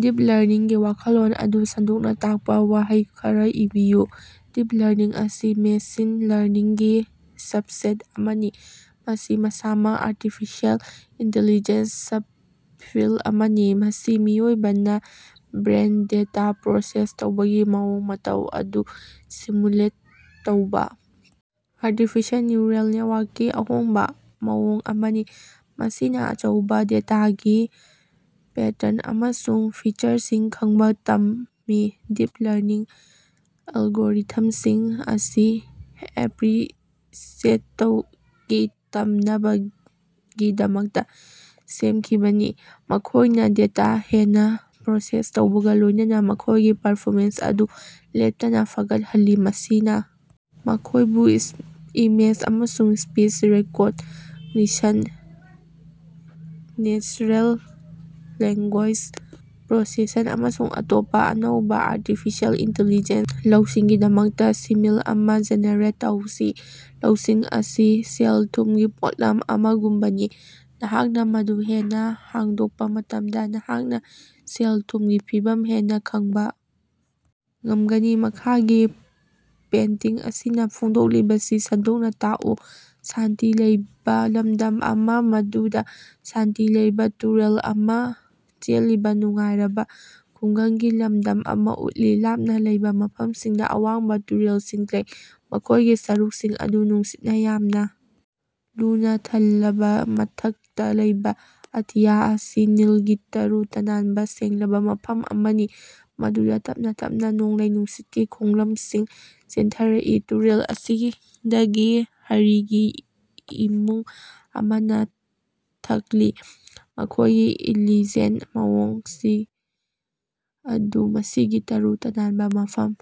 Deep ꯂꯔꯅꯤꯡꯒꯤ ꯋꯥꯈꯜꯂꯣꯟ ꯑꯗꯨ ꯁꯟꯗꯣꯛꯅꯥ ꯇꯥꯛꯄꯥ ꯋꯥꯍꯩ ꯈꯔꯥ ꯏꯕꯤꯌꯨ꯫ ꯗꯤꯞ ꯂꯔꯅꯤꯡ ꯑꯁꯤ ꯃꯦꯁꯤꯟ ꯂꯔꯅꯤꯡꯒꯤ ꯁꯕꯁꯦꯠ ꯑꯃꯅꯤ, ꯃꯁꯤ ꯃꯁꯥꯃꯛ ꯑꯥꯔꯇꯤꯐꯤꯁꯤꯑꯦꯜ ꯏꯟꯇꯤꯂꯤꯖꯦꯟꯁꯒꯤ ꯁꯞꯐꯤꯜ ꯑꯃꯅꯤ꯫ ꯃꯁꯤ ꯃꯤꯑꯣꯏꯕꯒꯤ ꯕ꯭ꯔꯦꯟꯅꯥ ꯗꯦꯇꯥ ꯄ꯭ꯔꯣꯁꯦꯁ ꯇꯧꯕꯒꯤ ꯃꯑꯣꯡ ꯃꯇꯧ ꯑꯗꯨ ꯁꯤꯃꯨꯂꯦꯠ ꯇꯧꯕꯥ ꯑꯥꯔꯇꯤꯐꯤꯁꯤꯑꯦꯜ ꯅ꯭ꯌꯨꯔꯦꯜ ꯅꯦꯠꯋꯥꯛꯀꯤ ꯑꯍꯣꯡꯕꯥ ꯃꯑꯣꯡ ꯑꯃꯅꯤ, ꯃꯁꯤꯅꯥ ꯑꯆꯧꯕꯥ ꯗꯦꯇꯥꯗꯒꯤ ꯄꯦꯇ꯭ꯔꯟ ꯑꯃꯁꯨꯡ ꯐꯤꯆꯔꯁꯤꯡ ꯈꯪꯕꯥ ꯇꯝꯃꯤ꯫ ꯗꯤꯞ ꯂꯔꯅꯤꯡ ꯑꯦꯜꯒꯣꯔꯤꯊꯝꯁꯤꯡ ꯑꯁꯤ ꯑꯦꯛꯁꯄ꯭ꯔꯤꯌꯦꯟꯁꯇꯒꯤ ꯇꯝꯅꯕꯒꯤꯗꯃꯛ ꯁꯦꯝꯈꯤꯕꯅꯤ, ꯃꯈꯣꯏꯅꯥ ꯗꯦꯇꯥ ꯍꯦꯟꯅꯥ ꯄ꯭ꯔꯣꯁꯦꯁ ꯇꯧꯕꯒꯥ ꯂꯣꯏꯅꯅꯥ ꯃꯈꯣꯏꯒꯤ ꯄꯔꯐꯣꯃꯦꯟꯁ ꯑꯗꯨ ꯂꯦꯞꯇꯅꯥ ꯐꯒꯠꯍꯜꯂꯤ꯫ ꯃꯁꯤꯅꯥ ꯃꯈꯣꯏꯕꯨ ꯏꯃꯦꯖ ꯑꯃꯁꯨꯡ speech recognition, natural language processing ꯑꯃꯁꯨꯡ ꯑꯇꯣꯞꯄꯥ ꯑꯅꯧꯕꯥ ꯑꯔꯇꯤꯐꯤꯁꯦꯜ ꯏꯟꯇꯤꯂꯤꯖꯦꯟꯁ ꯂꯧꯁꯤꯡꯒꯤꯗꯃꯛꯇꯥ ꯁꯤꯃꯤꯜ ꯑꯃꯥ ꯖꯦꯅꯦꯔꯦꯠ ꯇꯧꯁꯤ꯫ ꯂꯧꯁꯤꯡ ꯑꯁꯤ ꯁꯦꯜ-ꯊꯨꯝꯒꯤ ꯄꯣꯠꯂꯝ ꯑꯃꯒꯨꯝꯕꯅꯤ, ꯅꯍꯥꯛꯅꯥ ꯃꯗꯨ ꯍꯦꯟꯅꯥ ꯍꯥꯡꯗꯣꯛꯄꯥ ꯃꯇꯝꯗꯥ ꯅꯍꯥꯛꯅꯥ ꯁꯦꯜ-ꯊꯨꯝꯒꯤ ꯐꯤꯚꯝ ꯍꯦꯟꯅꯥ ꯈꯪꯕꯥ ꯉꯝꯒꯅꯤ꯫ ꯃꯈꯥꯒꯤ ꯄꯦꯟꯇꯤꯡ ꯑꯁꯤꯅꯥ ꯐꯣꯡꯗꯣꯛꯂꯤꯕꯁꯤ ꯁꯟꯗꯣꯛꯅ ꯇꯥꯛꯎ꯫ ꯁꯥꯟꯇꯤ ꯂꯩꯕꯥ ꯂꯝꯗꯝ ꯑꯃꯥ, ꯃꯗꯨꯗꯥ ꯁꯥꯟꯇꯤ ꯂꯩꯕꯥ ꯇꯨꯔꯦꯜ ꯑꯃꯥ ꯆꯦꯜꯂꯤꯕꯥ ꯅꯨꯡꯉꯥꯏꯔꯕꯥ ꯈꯨꯡꯒꯪꯒꯤ ꯂꯝꯗꯝ ꯑꯃꯥ ꯎꯠꯂꯤ꯫ ꯂꯥꯞꯅꯥ ꯂꯩꯕꯥ ꯃꯐꯝꯁꯤꯡꯗꯥ ꯑꯋꯥꯡꯕꯥ ꯇꯨꯔꯦꯜꯁꯤꯡ ꯂꯩ, ꯃꯈꯣꯏꯒꯤ ꯁꯔꯨꯛꯁꯤꯡ ꯑꯗꯨ ꯅꯨꯡꯁꯤꯠꯅꯥ ꯌꯥꯝꯅꯥ ꯂꯨꯅꯥ ꯊꯜꯂꯕꯥ, ꯃꯊꯛꯇꯥ ꯂꯩꯕꯥ ꯑꯇꯤꯌꯥ ꯑꯁꯤ ꯅꯤꯜꯒꯤ ꯇꯔꯨ ꯇꯅꯥꯟꯕꯥ ꯁꯦꯡꯂꯕꯥ ꯃꯐꯝ ꯑꯃꯅꯤ, ꯃꯗꯨꯗꯥ ꯇꯞꯅꯥ ꯇꯞꯅꯥ ꯅꯣꯡꯂꯩ ꯅꯨꯡꯁꯤꯠꯀꯤ ꯈꯣꯡꯂꯝꯁꯤꯡ ꯆꯦꯟꯊꯔꯛꯏ꯫ ꯇꯨꯔꯦꯜ ꯑꯁꯤꯗꯒꯤ ꯍꯔꯤꯒꯤ ꯏꯃꯨꯡ ꯑꯃꯅꯥ ꯊꯛꯂꯤ, ꯃꯈꯣꯏꯒꯤ ꯏꯂꯤꯖꯦꯟ ꯃꯑꯣꯡꯁꯤꯡ ꯑꯗꯨ ꯃꯁꯤꯒꯤ ꯇꯔꯨ ꯇꯅꯥꯟꯕꯥ ꯃꯐꯝ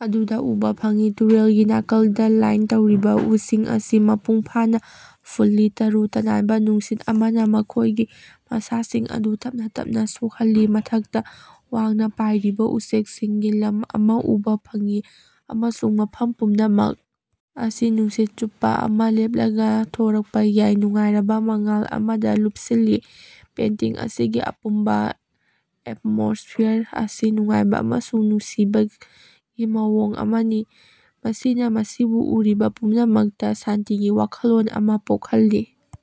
ꯑꯗꯨꯗꯥ ꯎꯕꯥ ꯐꯪꯏ꯫ ꯇꯨꯔꯦꯜꯒꯤ ꯅꯥꯀꯜꯗꯥ ꯂꯥꯏꯟ ꯇꯧꯔꯤꯕꯥ ꯎꯁꯤꯡ ꯑꯁꯤ ꯃꯄꯨꯡ ꯐꯥꯅꯥ ꯐꯨꯜꯂꯤ, ꯇꯔꯨ ꯇꯅꯥꯟꯕꯥ ꯅꯨꯡꯁꯤꯠ ꯑꯃꯅꯥ ꯃꯈꯣꯏꯒꯤ ꯃꯁꯥꯁꯤꯡ ꯑꯗꯨ ꯇꯞꯅꯥ ꯇꯞꯅꯥ ꯁꯣꯛꯍꯜꯂꯤ꯫ ꯃꯊꯛꯇꯥ ꯋꯥꯡꯅꯥ ꯄꯥꯏꯔꯤꯕꯥ ꯎꯆꯦꯛꯁꯤꯡꯒꯤ ꯂꯝ ꯑꯃꯥ ꯎꯕꯥ ꯐꯪꯏ ꯑꯃꯁꯨꯡ ꯃꯐꯝ ꯄꯨꯝꯅꯃꯛ ꯑꯁꯤ ꯅꯨꯃꯤꯠ ꯆꯨꯞꯄꯥ ꯑꯃꯥ ꯂꯦꯞꯂꯒꯥ ꯊꯣꯔꯛꯄꯥ ꯌꯥꯏ, ꯅꯨꯡꯉꯥꯏꯔꯕꯥ ꯃꯉꯥꯜ ꯑꯃꯗꯥ ꯂꯨꯞꯁꯤꯜꯂꯤ꯫ ꯄꯦꯟꯇꯤꯡ ꯑꯁꯤꯒꯤ ꯑꯄꯨꯟꯕꯥ ꯑꯦꯠꯃꯣꯁꯐꯤꯌꯥꯔ ꯑꯁꯤ ꯅꯨꯡꯉꯥꯏꯕꯥ ꯑꯃꯁꯨꯡ ꯅꯨꯡꯁꯤꯅꯕꯒꯤ ꯃꯑꯣꯡ ꯑꯃꯅꯤ, ꯃꯁꯤꯅꯥ ꯃꯁꯤꯕꯨ ꯎꯔꯤꯕꯥ ꯄꯨꯝꯅꯃꯛꯇꯥ ꯁꯥꯟꯇꯤꯒꯤ ꯋꯥꯈꯜꯂꯣꯟ ꯑꯃꯥ ꯄꯣꯛꯍꯜꯂꯤ꯫